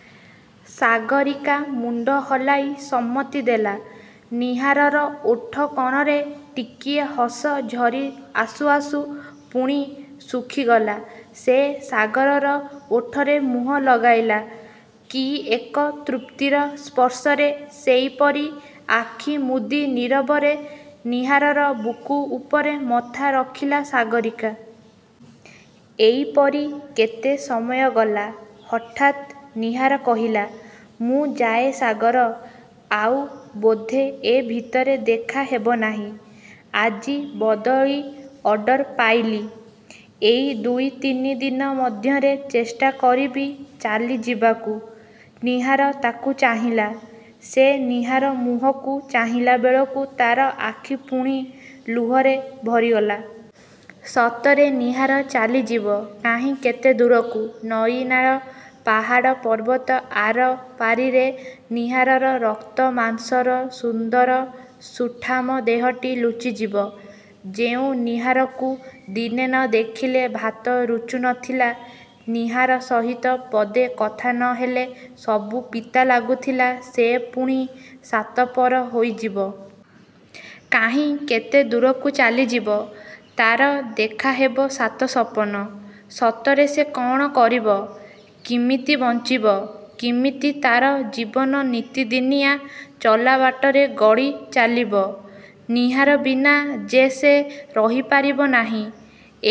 '' ସାଗରୀକା ମୁଣ୍ଡ ହଲାଇ ସମ୍ମତି ଦେଲା। ନୀହାରର ଓଠ କଣରେ ଟିକିଏ ହସ ଝରି ଆସୁ ଆସୁ ପୁଣି ଶୁଖିଗଲା। ସେ ସାଗରର ଓଠରେ ମୁହଁ ଲଗାଇଲା। କି ଏକ ତୃପ୍ତିର ସ୍ପର୍ଶରେ ସେଇପରି ଆଖି ମୁଦି ନୀରବରେ ନୀହାରର ବୁକୁ ଉପରେ ମଥା ରଖିଲା ସାଗରୀକା। ଏଇପରି କେତେ ସମୟ ଗଲା। ହଠାତ୍ ନୀହାର କହିଲା–''ମୁଁ ଯାଏ ସାଗର। ଆଉ ବୋଧେ ଏ ଭିତରେ ଦେଖା ହେବନାହିଁ। ଆଜି ବଦଳି ଅର୍ଡ଼ର ପାଇଲି। ଏଇ ଦୁଇ ତିନି ଦିନ ମଧ୍ୟରେ ଚେଷ୍ଟା କରିବି ଚାଲି ଯିବାକୁ। '' ନୀହାର ତାକୁ ଚାହିଁଲା। ସେ ନୀହାର ମୁହଁକୁ ଚାହିଁଲା ବେଳକୁ ତା'ର ଆଖି ପୁଣି ଲୁହରେ ଭରିଗଲା। ସତରେ ନୀହାର ଚାଲିଯିବ। କାହିଁ କେତେ ଦୂରକୁ। ନଈ ନାଳ, ପାହାଡ଼ ପର୍ବତ ଆର ପାରିରେ ନୀହାରର ରକ୍ତ ମାଂସର ସୁନ୍ଦର ସୁଠାମ ଦେହଟି ଲୁଚିଯିବ। ଯେଉଁ ନୀହାରକୁ ଦିନେ ନ ଦେଖିଲେ ଭାତ ରୁଚୁ ନଥିଲା, ନୀହାର ସହିତ ପଦେ କଥା ନ ହେଲେ ସବୁ ପିତା ଲାଗୁଥିଲା; ସେ ପୁଣି ସାତ ପର ହୋଇଯିବ। କାହିଁ କେତେ ଦୂରକୁ ଚାଲିଯିବ। ତା'ର ଦେଖାହେବ ସାତ-ସପନ। ସତରେ ସେ କ'ଣ କରିବ? କିମିତି ବଞ୍ଚିବ? କିମିତି ତା'ର ଜୀବନ ନିତିଦିନିଆଁ ଚଲାବାଟରେ ଗଡ଼ି ଚାଲିବ? ନୀହାର ବିନା ଯେ ସେ ରହିପାରିବ ନାହିଁ;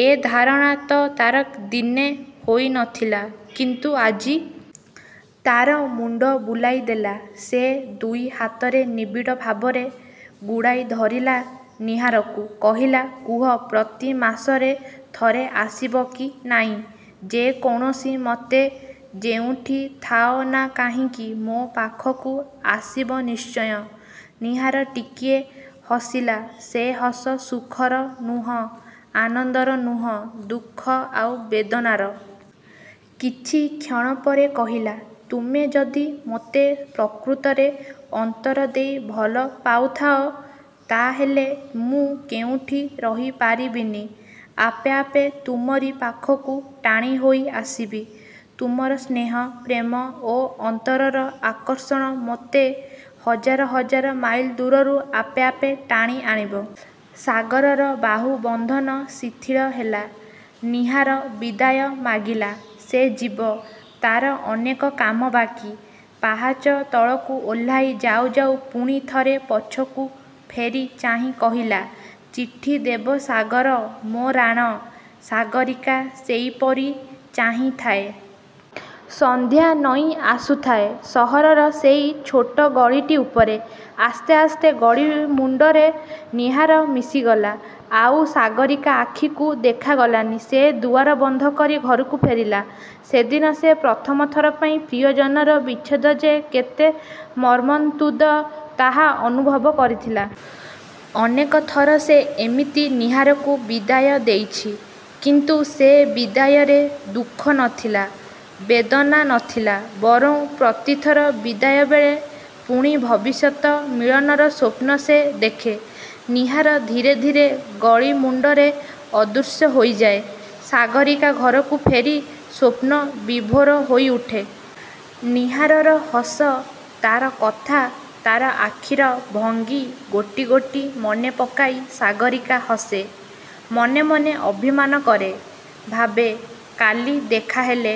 ଏ ଧାରଣା ତ ତା'ର ଦିନେ ହୋଇନଥିଲା। କିନ୍ତୁ ଆଜି? ତା'ର ମୁଣ୍ଡ ବୁଲାଇ ଦେଲା। ସେ ଦୁଇ ହାତରେ ନିବିଡ଼ ଭାବରେ ଗୁଡ଼ାଇ ଧରିଲା ନୀହାରକୁ। କହିଲା–''କୁହ–ପ୍ରତି ମାସରେ ଥରେ ଆସିବ କି ନାଇଁ। ଯେକୌଣସି ମତେ, ଯେଉଁଠି ଥାଅ ନା କାହିଁକି ମୋ ପାଖକୁ ଆସିବ–ନିଶ୍ଚୟ। '' ନୀହାର ଟିକିଏ ହସିଲା। ସେ ହସ ସୁଖର ନୁହଁ; ଆନନ୍ଦର ନୁହଁ–ଦୁଃଖ ଆଉ ବେଦନାର। କିଛି କ୍ଷଣ ପରେ କହିଲା–''ତୁମେ ଯଦି ମୋତେ ପ୍ରକୃତରେ ଅନ୍ତର ଦେଇ ଭଲ ପାଉଥାଅ–ତା'ହେଲେ ମୁଁ କେଉଁଠି ରହିପାରିବିନି। ଆପେ ଆପେ ତୁମରି ପାଖକୁ ଟାଣିହୋଇ ଆସିବି। ତୁମର ସ୍ନେହ, ପ୍ରେମ ଓ ଅନ୍ତରର ଆକର୍ଷଣ ମୋତେ ହଜାର ହଜାର ମାଇଲ ଦୂରରୁ ଆପେ ଆପେ ଟାଣି ଆଣିବ। '' ସାଗରର ବାହୁ ବନ୍ଧନ ଶିଥିଳ ହେଲା। ନୀହାର ବିଦାୟ ମାଗିଲା। ସେ ଯିବ। ତା'ର ଅନେକ କାମ ବାକି। ପାହାଚ ତଳକୁ ଓହ୍ଲାଇ ଯାଉ ଯାଉ ପୁଣି ଥରେ ପଛକୁ ଫେରି ଚାହିଁ କହିଲା–''ଚିଠି ଦେବ ସାଗର–ମୋ ରାଣ। '' ସାଗରୀକା ସେଇପରି ଚାହିଁଥାଏ। ସନ୍ଧ୍ୟା ନଇଁ ଆସୁଥାଏ ସହରର ସେଇ ଛୋଟ ଗଳିଟି ଉପରେ। ଆସ୍ତେ ଆସ୍ତେ ଗଳି ମୁଣ୍ଡରେ ନୀହାର ମିଶିଗଲା। ଆଉ ସାଗରୀକା ଆଖିକୁ ଦେଖା ଗଲାନି। ସେ ଦୁଆର ବନ୍ଦ କରି ଘରକୁ ଫେରିଲା। ସେଦିନ ସେ ପ୍ରଥମ ଥର ପାଇଁ ପ୍ରିୟଜନର ବିଚ୍ଛେଦ ଯେ କେତେ ମର୍ମନ୍ତୁଦ ତାହା ଅନୁଭବ କରିଥିଲା। ଅନେକଥର ସେ ଏମିତି ନୀହାରକୁ ବିଦାୟ ଦେଇଛି। କିନ୍ତୁ ସେ ବିଦାୟରେ ଦୁଃଖ ନଥିଲା, ବେଦନା ନଥିଲା। ବରଂ ପ୍ରତିଥର ବିଦାୟ ବେଳେ ପୁଣି ଭବିଷ୍ୟତ ମିଳନର ସ୍ୱପ୍ନ ସେ ଦେଖେ। ନୀହାର ଧୀରେ ଧୀରେ ଗଳି ମୁଣ୍ଡରେ ଅଦୃଶ୍ୟ ହୋଇଯାଏ। ସାଗରୀକା ଘରକୁ ଫେରି ସ୍ୱପ୍ନ-ବିଭୋର ହୋଇ ଉଠେ। ନୀହାରର ହସ, ତା'ର କଥା, ତା'ର ଆଖିର ଭଙ୍ଗୀ ଗୋଟି ଗୋଟି ମନେପକାଇ ସାଗରୀକା ହସେ; ମନେମନେ ଅଭିମାନ କରେ। ଭାବେ–''କାଲି ଦେଖାହେଲେ